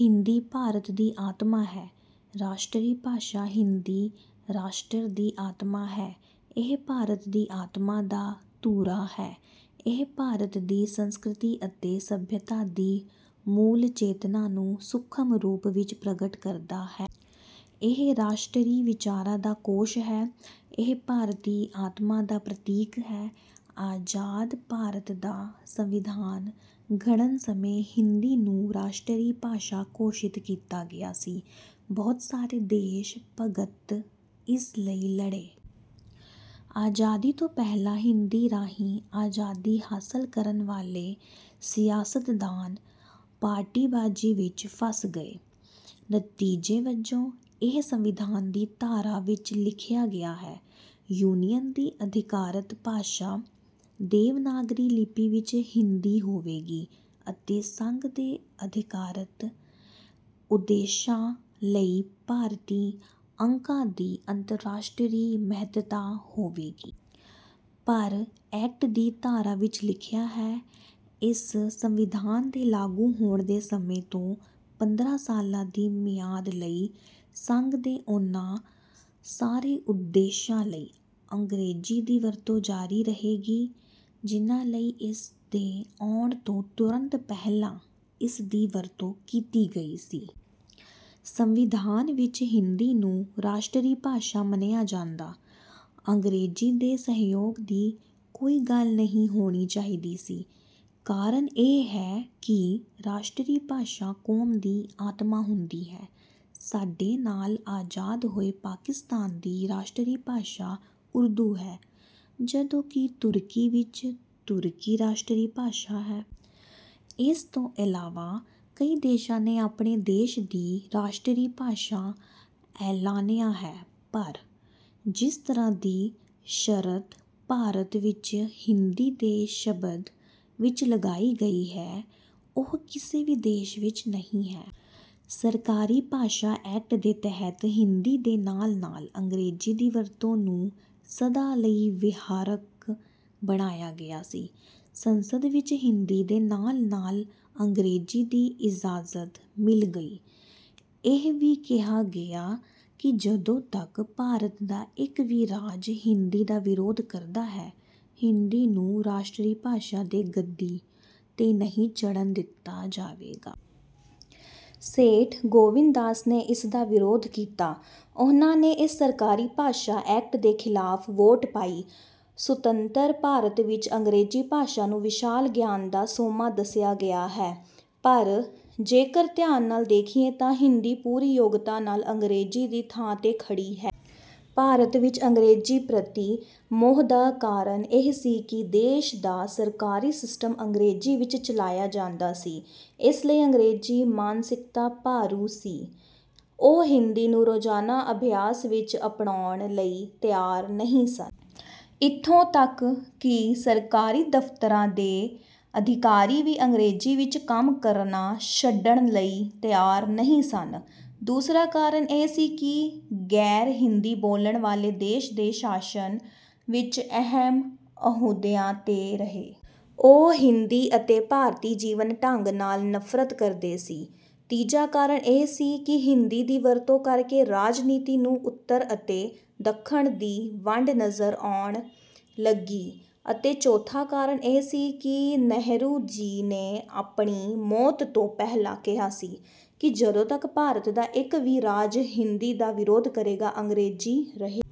ਹਿੰਦੀ ਭਾਰਤ ਦੀ ਆਤਮਾ ਹੈ ਰਾਸ਼ਟਰੀ ਭਾਸ਼ਾ ਹਿੰਦੀ ਰਾਸ਼ਟਰ ਦੀ ਆਤਮਾ ਹੈ। ਇਹ ਭਾਰਤ ਦੀ ਆਤਮਾ ਦਾ ਧੁਰਾ ਹੈ। ਇਹ ਭਾਰਤ ਦੀ ਸੰਸਕ੍ਰਿਤੀ ਅਤੇ ਸੱਭਿਅਤਾ ਦੀ ਮੂਲ ਚੇਤਨਾ ਨੂੰ ਸੂਖਮ ਰੂਪ ਵਿੱਚ ਪ੍ਰਗਟ ਕਰਦਾ ਹੈ। ਇਹ ਰਾਸ਼ਟਰੀ ਵਿਚਾਰਾਂ ਦਾ ਕੋਸ਼ ਹੈ। ਇਹ ਭਾਰਤੀ ਆਤਮਾ ਦਾ ਪ੍ਰਤੀਕ ਹੈ। ਆਜ਼ਾਦ ਭਾਰਤ ਦਾ ਸੰਵਿਧਾਨ ਘੜਨ ਸਮੇਂ ਹਿੰਦੀ ਨੂੰ ਰਾਸ਼ਟਰੀ ਭਾਸ਼ਾ ਘੋਸ਼ਿਤ ਕੀਤਾ ਗਿਆ ਸੀ। ਬਹੁਤ ਸਾਰੇ ਦੇਸ਼ ਭਗਤ ਇਸ ਲਈ ਲੜੇ। ਆਜ਼ਾਦੀ ਤੋਂ ਪਹਿਲਾਂ ਹਿੰਦੀ ਰਾਹੀਂ ਆਜ਼ਾਦੀ ਹਾਸਲ ਕਰਨ ਵਾਲੇ ਸਿਆਸਤਦਾਨ ਪਾਰਟੀਬਾਜ਼ੀ ਵਿੱਚ ਫਸ ਗਏ। ਨਤੀਜੇ ਵਜੋਂ, ਇਹ ਸੰਵਿਧਾਨ ਦੀ ਧਾਰਾ ਵਿੱਚ ਲਿਖਿਆ ਗਿਆ ਹੈ। ਯੂਨੀਅਨ ਦੀ ਅਧਿਕਾਰਤ ਭਾਸ਼ਾ ਦੇਵਨਾਗਰੀ ਲਿਪੀ ਵਿੱਚ ਹਿੰਦੀ ਹੋਵੇਗੀ ਅਤੇ ਸੰਘ ਦੇ ਅਧਿਕਾਰਤ ਉਦੇਸ਼ਾਂ ਲਈ ਭਾਰਤੀ ਅੰਕਾਂ ਦੀ ਅੰਤਰਰਾਸ਼ਟਰੀ ਮਹੱਤਤਾ ਹੋਵੇਗੀ। ਪਰ ਐਕਟ ਦੀ ਧਾਰਾ ਵਿਚ ਲਿਖਿਆ ਹੈ, 'ਇਸ ਸੰਵਿਧਾਨ ਦੇ ਲਾਗੂ ਹੋਣ ਦੇ ਸਮੇਂ ਤੋਂ ਪੰਦਰਾਂ ਸਾਲਾਂ ਦੀ ਮਿਆਦ ਲਈ, ਸੰਘ ਦੇ ਉਨ੍ਹਾਂ ਸਾਰੇ ਉਦੇਸ਼ਾਂ ਲਈ ਅੰਗਰੇਜ਼ੀ ਦੀ ਵਰਤੋਂ ਜਾਰੀ ਰਹੇਗੀ ਜਿਨ੍ਹਾਂ ਲਈ ਇਸ ਦੇ ਆਉਣ ਤੋਂ ਤੁਰੰਤ ਪਹਿਲਾਂ ਇਸਦੀ ਵਰਤੋਂ ਕੀਤੀ ਗਈ ਸੀ। ਸੰਵਿਧਾਨ ਵਿੱਚ ਹਿੰਦੀ ਨੂੰ ਰਾਸ਼ਟਰੀ ਭਾਸ਼ਾ ਮੰਨਿਆ ਜਾਂਦਾ। ਅੰਗਰੇਜ਼ੀ ਦੇ ਸਹਿਯੋਗ ਦੀ ਕੋਈ ਗੱਲ ਨਹੀਂ ਹੋਣੀ ਚਾਹੀਦੀ ਸੀ। ਕਾਰਨ ਇਹ ਹੈ ਕਿ ਰਾਸ਼ਟਰੀ ਭਾਸ਼ਾ ਕੌਮ ਦੀ ਆਤਮਾ ਹੁੰਦੀ ਹੈ। ਸਾਡੇ ਨਾਲ ਆਜ਼ਾਦ ਹੋਏ ਪਾਕਿਸਤਾਨ ਦੀ ਰਾਸ਼ਟਰੀ ਭਾਸ਼ਾ ਉਰਦੂ ਹੈ, ਜਦੋਂ ਕਿ ਤੁਰਕੀ ਵਿੱਚ ਤੁਰਕੀ ਰਾਸ਼ਟਰੀ ਭਾਸ਼ਾ ਹੈ। ਇਸ ਤੋਂ ਇਲਾਵਾ ਕਈ ਦੇਸ਼ਾਂ ਨੇ ਆਪਣੇ ਦੇਸ਼ ਦੀ ਰਾਸ਼ਟਰੀ ਭਾਸ਼ਾ ਐਲਾਨਿਆ ਹੈ ਪਰ ਜਿਸ ਤਰ੍ਹਾਂ ਦੀ ਸ਼ਰਤ ਭਾਰਤ ਵਿਚ ਹਿੰਦੀ ਦੇ ਸਬੰਧ ਵਿਚ ਲਗਾਈ ਗਈ ਹੈ, ਉਹ ਕਿਸੇ ਵੀ ਦੇਸ਼ ਵਿਚ ਨਹੀਂ ਹੈ। ਸਰਕਾਰੀ ਭਾਸ਼ਾ ਐਕਟ ਦੇ ਤਹਿਤ ਹਿੰਦੀ ਦੇ ਨਾਲ-ਨਾਲ ਅੰਗਰੇਜ਼ੀ ਦੀ ਵਰਤੋਂ ਨੂੰ ਸਦਾ ਲਈ ਵਿਹਾਰਕ ਬਣਾਇਆ ਗਿਆ ਸੀ। ਸੰਸਦ ਵਿਚ ਹਿੰਦੀ ਦੇ ਨਾਲ-ਨਾਲ ਅੰਗਰੇਜ਼ੀ ਦੀ ਇਜਾਜ਼ਤ ਮਿਲ ਗਈ। ਇਹ ਵੀ ਕਿਹਾ ਗਿਆ ਕਿ ਜਦੋਂ ਤੱਕ ਭਾਰਤ ਦਾ ਇੱਕ ਵੀ ਰਾਜ ਹਿੰਦੀ ਦਾ ਵਿਰੋਧ ਕਰਦਾ ਹੈ, ਹਿੰਦੀ ਨੂੰ ਰਾਸ਼ਟਰੀ ਭਾਸ਼ਾ ਦੇ ਗੱਦੀ 'ਤੇ ਨਹੀਂ ਚੜ੍ਹਨ ਦਿੱਤਾ ਜਾਵੇਗਾ। ਸੇਠ ਗੋਵਿੰਦਦਾਸ ਨੇ ਇਸ ਦਾ ਵਿਰੋਧ ਕੀਤਾ। ਉਹਨਾਂ ਨੇ ਇਸ ਸਰਕਾਰੀ ਭਾਸ਼ਾ ਐਕਟ ਦੇ ਖਿਲਾਫ ਵੋਟ ਪਾਈ। ਸੁਤੰਤਰ ਭਾਰਤ ਵਿੱਚ ਅੰਗਰੇਜ਼ੀ ਭਾਸ਼ਾ ਨੂੰ ਵਿਸ਼ਾਲ ਗਿਆਨ ਦਾ ਸੋਮਾ ਦੱਸਿਆ ਗਿਆ ਹੈ, ਪਰ ਜੇਕਰ ਧਿਆਨ ਨਾਲ ਦੇਖੀਏ ਤਾਂ ਹਿੰਦੀ ਪੂਰੀ ਯੋਗਤਾ ਨਾਲ ਅੰਗਰੇਜ਼ੀ ਦੀ ਥਾਂ 'ਤੇ ਖੜ੍ਹੀ ਹੈ। ਭਾਰਤ ਵਿੱਚ ਅੰਗਰੇਜ਼ੀ ਪ੍ਰਤੀ ਮੋਹ ਦਾ ਕਾਰਨ ਇਹ ਸੀ ਕਿ ਦੇਸ਼ ਦਾ ਸਰਕਾਰੀ ਸਿਸਟਮ ਅੰਗਰੇਜ਼ੀ ਵਿੱਚ ਚਲਾਇਆ ਜਾਂਦਾ ਸੀ। ਇਸ ਲਈ ਅੰਗਰੇਜ਼ੀ ਮਾਨਸਿਕਤਾ ਭਾਰੂ ਸੀ। ਉਹ ਹਿੰਦੀ ਨੂੰ ਰੋਜ਼ਾਨਾ ਅਭਿਆਸ ਵਿੱਚ ਅਪਣਾਉਣ ਲਈ ਤਿਆਰ ਨਹੀਂ ਸਨ। ਇੱਥੋਂ ਤੱਕ ਕਿ ਸਰਕਾਰੀ ਦਫ਼ਤਰਾਂ ਦੇ ਅਧਿਕਾਰੀ ਵੀ ਅੰਗਰੇਜ਼ੀ ਵਿੱਚ ਕੰਮ ਕਰਨਾ ਛੱਡਣ ਲਈ ਤਿਆਰ ਨਹੀਂ ਸਨ। ਦੂਸਰਾ ਕਾਰਨ ਇਹ ਸੀ ਕਿ ਗੈਰ-ਹਿੰਦੀ ਬੋਲਣ ਵਾਲੇ ਦੇਸ਼ ਦੇ ਸ਼ਾਸਨ ਵਿਚ ਅਹਿਮ ਅਹੁਦਿਆਂ 'ਤੇ ਰਹੇ। ਉਹ ਹਿੰਦੀ ਅਤੇ ਭਾਰਤੀ ਜੀਵਨ ਢੰਗ ਨਾਲ ਨਫ਼ਰਤ ਕਰਦੇ ਸੀ। ਤੀਜਾ ਕਾਰਨ ਇਹ ਸੀ ਕਿ ਹਿੰਦੀ ਦੀ ਵਰਤੋਂ ਕਰਕੇ ਰਾਜਨੀਤੀ ਨੂੰ ਉੱਤਰ ਅਤੇ ਦੱਖਣ ਦੀ ਵੰਡ ਨਜ਼ਰ ਆਉਣ ਲੱਗੀ ਅਤੇ ਚੌਥਾ ਕਾਰਨ ਇਹ ਸੀ ਕਿ ਨਹਿਰੂ ਜੀ ਨੇ ਆਪਣੀ ਮੌਤ ਤੋਂ ਪਹਿਲਾਂ ਕਿਹਾ ਸੀ ਕਿ ਜਦੋਂ ਤੱਕ ਭਾਰਤ ਦਾ ਇੱਕ ਵੀ ਰਾਜ ਹਿੰਦੀ ਦਾ ਵਿਰੋਧ ਕਰੇਗਾ, ਅੰਗਰੇਜ਼ੀ ਰਹੇਗੀ।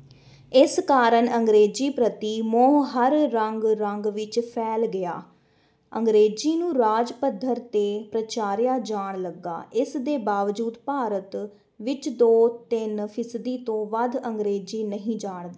ਇਸ ਕਾਰਨ ਅੰਗਰੇਜ਼ੀ ਪ੍ਰਤੀ ਮੋਹ ਹਰ ਰਗ-ਰਗ ਵਿਚ ਫੈਲ ਗਿਆ। ਅੰਗਰੇਜ਼ੀ ਨੂੰ ਰਾਜ ਪੱਧਰ 'ਤੇ ਪ੍ਰਚਾਰਿਆ ਜਾਣ ਲੱਗਾ। ਇਸ ਦੇ ਬਾਵਜੂਦ ਭਾਰਤ ਵਿੱਚ ਦੋ-ਤਿੰਨ ਫ਼ੀਸਦੀ ਤੋਂ ਵੱਧ ਅੰਗਰੇਜ਼ੀ ਨਹੀਂ ਜਾਣਦੇ।